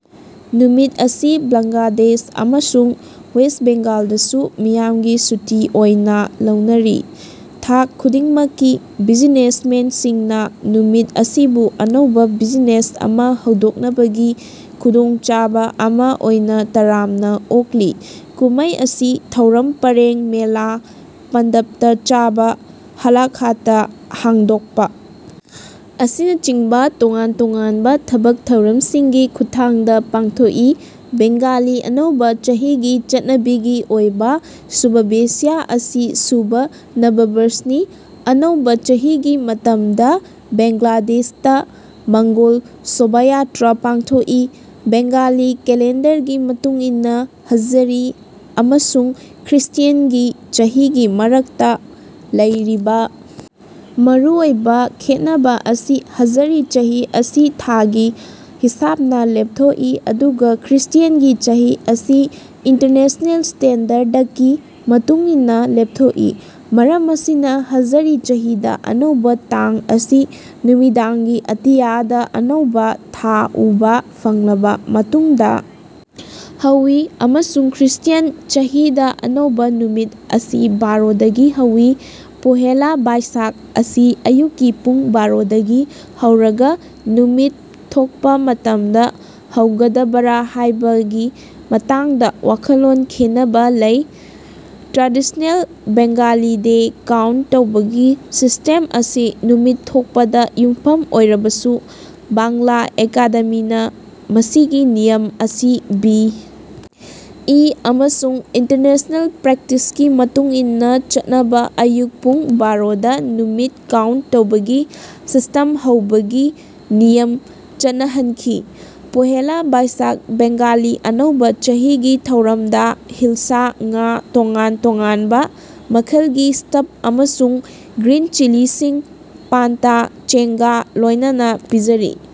ꯅꯨꯃꯤꯠ ꯑꯁꯤ ꯕꯪꯒ꯭ꯂꯥꯗꯦꯁ ꯑꯃꯁꯨꯡ ꯋꯦꯁ꯭ꯠ ꯕꯦꯡꯒꯥꯜꯗꯁꯨ ꯃꯤꯌꯥꯝꯒꯤ ꯁꯨꯇꯤ ꯑꯣꯏꯅꯥ ꯂꯧꯅꯔꯤ꯫ ꯊꯥꯛ ꯈꯨꯗꯤꯡꯃꯛꯀꯤ ꯕꯤꯖꯤꯅꯦꯁꯃꯦꯟꯁꯤꯡꯅꯥ ꯅꯨꯃꯤꯠ ꯑꯁꯤꯕꯨ ꯑꯅꯧꯕꯥ ꯕꯤꯖꯤꯅꯦꯁ ꯑꯃꯥ ꯍꯧꯗꯣꯛꯅꯕꯒꯤ ꯈꯨꯗꯣꯡꯆꯥꯕꯥ ꯑꯃꯥ ꯑꯣꯏꯅ ꯇꯔꯥꯝꯅ ꯑꯣꯛꯂꯤ꯫ ꯀꯨꯝꯃꯩ ꯑꯁꯤ ꯊꯧꯔꯝ ꯄꯔꯦꯡ ꯃꯦꯂꯥ ꯄꯟꯇꯚꯇꯥ ꯆꯥꯕ ꯍꯥꯂꯈꯥꯇꯥ ꯍꯥꯡꯗꯣꯛꯄꯥ ꯑꯁꯤꯅꯆꯤꯡꯕꯥ ꯇꯣꯉꯥꯟ ꯇꯣꯉꯥꯟꯕꯥ ꯊꯕꯛ ꯊꯧꯔꯝꯁꯤꯡꯒꯤ ꯈꯨꯠꯊꯥꯡꯗꯥ ꯄꯥꯡꯊꯣꯛꯏ꯫ ꯕꯦꯡꯒꯂꯤ ꯑꯅꯧꯕꯥ ꯆꯍꯤꯒꯤ ꯆꯠꯅꯕꯤꯒꯤ ꯑꯣꯏꯕꯥ ꯁꯨꯚꯦꯆ꯭ꯁꯥ ꯑꯁꯤ ꯁꯨꯚ ꯅꯕꯥꯕꯔꯁꯅꯤ꯫ ꯑꯅꯧꯕ ꯆꯍꯤꯒꯤ ꯃꯇꯝꯗ ꯕꯦꯡꯒ꯭ꯂꯥꯗꯦꯁꯇꯥ ꯃꯪꯒꯜ ꯁꯣꯚꯥꯖꯥꯠꯔꯥ ꯄꯥꯡꯊꯣꯛꯏ꯫ ꯕꯦꯡꯒꯥꯂꯤ ꯀꯦꯂꯦꯟꯗꯔꯒꯤ ꯃꯇꯨꯡ ꯏꯟꯅꯥ ꯍꯤꯖꯔꯤ ꯑꯃꯁꯨꯡ ꯈ꯭ꯔ꯭ꯤꯁꯇ꯭ꯌꯥꯟꯒꯤ ꯆꯍꯤꯒꯤ ꯃꯔꯛꯇꯥ ꯂꯩꯔꯤꯕ ꯃꯔꯨ ꯑꯣꯏꯕꯥ ꯈꯦꯠꯅꯕ ꯑꯁꯤ ꯍꯖꯔꯤ ꯆꯍꯤ ꯑꯁꯤ ꯊꯥꯒꯤ ꯍꯤꯁꯥꯕꯅꯥ ꯂꯦꯞꯊꯣꯛꯏ ꯑꯗꯨꯒꯥ ꯈ꯭ꯔ꯭ꯤꯁꯇ꯭ꯌꯥꯟꯒꯤ ꯆꯍꯤ ꯑꯁꯤ ꯏꯟꯇꯔꯅꯦꯁꯅꯦꯜ ꯁ꯭ꯇꯦꯟꯗꯔꯗꯀꯤ ꯃꯇꯨꯡ ꯏꯟꯅꯥ ꯂꯦꯞꯊꯣꯛꯏ꯫ ꯃꯔꯝ ꯑꯁꯤꯅꯥ ꯍꯖꯔꯤ ꯆꯍꯤꯗꯥ ꯑꯅꯧꯕꯥ ꯇꯥꯡ ꯑꯁꯤ ꯅꯨꯃꯤꯗꯥꯡꯒꯤ ꯑꯇꯤꯌꯥꯗꯥ ꯑꯅꯧꯕꯥ ꯊꯥ ꯎꯕꯥ ꯐꯪꯂꯕꯥ ꯃꯇꯨꯡꯗꯥ ꯍꯧꯏ ꯑꯃꯁꯨꯡ ꯈ꯭ꯔ꯭ꯤꯁꯇ꯭ꯌꯥꯟ ꯆꯍꯤꯗꯥ ꯑꯅꯧꯕ ꯅꯨꯃꯤꯠ ꯑꯁꯤ ꯕꯥꯔꯣ ꯗꯒꯤ ꯍꯧꯏ꯫ ꯄꯣꯍꯦꯂꯥ ꯕꯥꯏꯁꯥꯈ ꯑꯁꯤ ꯑꯌꯨꯛꯀꯤ ꯄꯨꯡ ꯕꯥꯔꯣꯗꯒꯤ ꯍꯧꯔꯒꯥ ꯅꯨꯃꯤꯠ ꯊꯣꯛꯄꯥ ꯃꯇꯝꯗꯥ ꯍꯧꯒꯗꯕꯔꯥ ꯍꯥꯏꯕꯒꯤ ꯃꯇꯥꯡꯗꯥ ꯋꯥꯈꯜꯂꯣꯟ ꯈꯦꯟꯅꯕꯥ ꯂꯩ꯫ ꯇ꯭ꯔꯦꯗꯤꯁꯅꯦꯜ ꯕꯦꯡꯒꯂꯤ ꯗꯦ ꯀꯥꯎꯟꯇ ꯇꯧꯕꯒꯤ ꯁꯤꯁ꯭ꯇꯦꯝ ꯑꯁꯤ ꯅꯨꯃꯤꯠ ꯊꯣꯛꯄꯗ ꯌꯨꯝꯐꯝ ꯑꯣꯏꯔꯕꯁꯨ ꯕꯥꯡꯂꯥ ꯑꯦꯀꯥꯗꯦꯃꯤꯅꯥ ꯃꯁꯤꯒꯤ ꯅꯤꯌꯝ ꯑꯁꯤ ꯕꯤ. ꯏ. ꯑꯃꯁꯨꯡ ꯏꯟꯇꯔꯅꯦꯁꯅꯦꯜ ꯄ꯭ꯔꯦꯛꯇꯤꯁꯀꯤ ꯃꯇꯨꯡ ꯏꯟꯅꯥ ꯆꯠꯅꯕ ꯑꯌꯨꯛ ꯄꯨꯡ ꯕꯥꯔꯣꯗꯥ ꯅꯨꯃꯤꯠ ꯀꯥꯎꯟꯇ ꯇꯧꯕꯒꯤ ꯁꯤꯁ꯭ꯇꯦꯝ ꯍꯧꯕꯒꯤ ꯅꯤꯌꯝ ꯆꯠꯅꯍꯟꯈꯤ꯫ ꯄꯥꯍꯦꯂꯥ ꯕꯥꯏꯁꯥꯈ ꯕꯦꯡꯒꯥꯂꯤ ꯑꯅꯧꯕꯥ ꯆꯍꯤꯒꯤ ꯊꯧꯔꯝꯗꯥ ꯍꯤꯜꯁꯥ ꯉꯥ ꯇꯣꯉꯥꯟ ꯇꯣꯉꯥꯟꯕꯥ ꯃꯈꯜꯒꯤ ꯁ꯭ꯇꯐ ꯑꯃꯁꯨꯡ ꯒ꯭ꯔꯤꯟ ꯆꯤꯂꯤꯁꯤꯡ ꯄꯟꯇꯥ ꯆꯦꯡꯒꯥ ꯂꯣꯏꯅꯅꯥ ꯄꯤꯖꯔꯤ꯫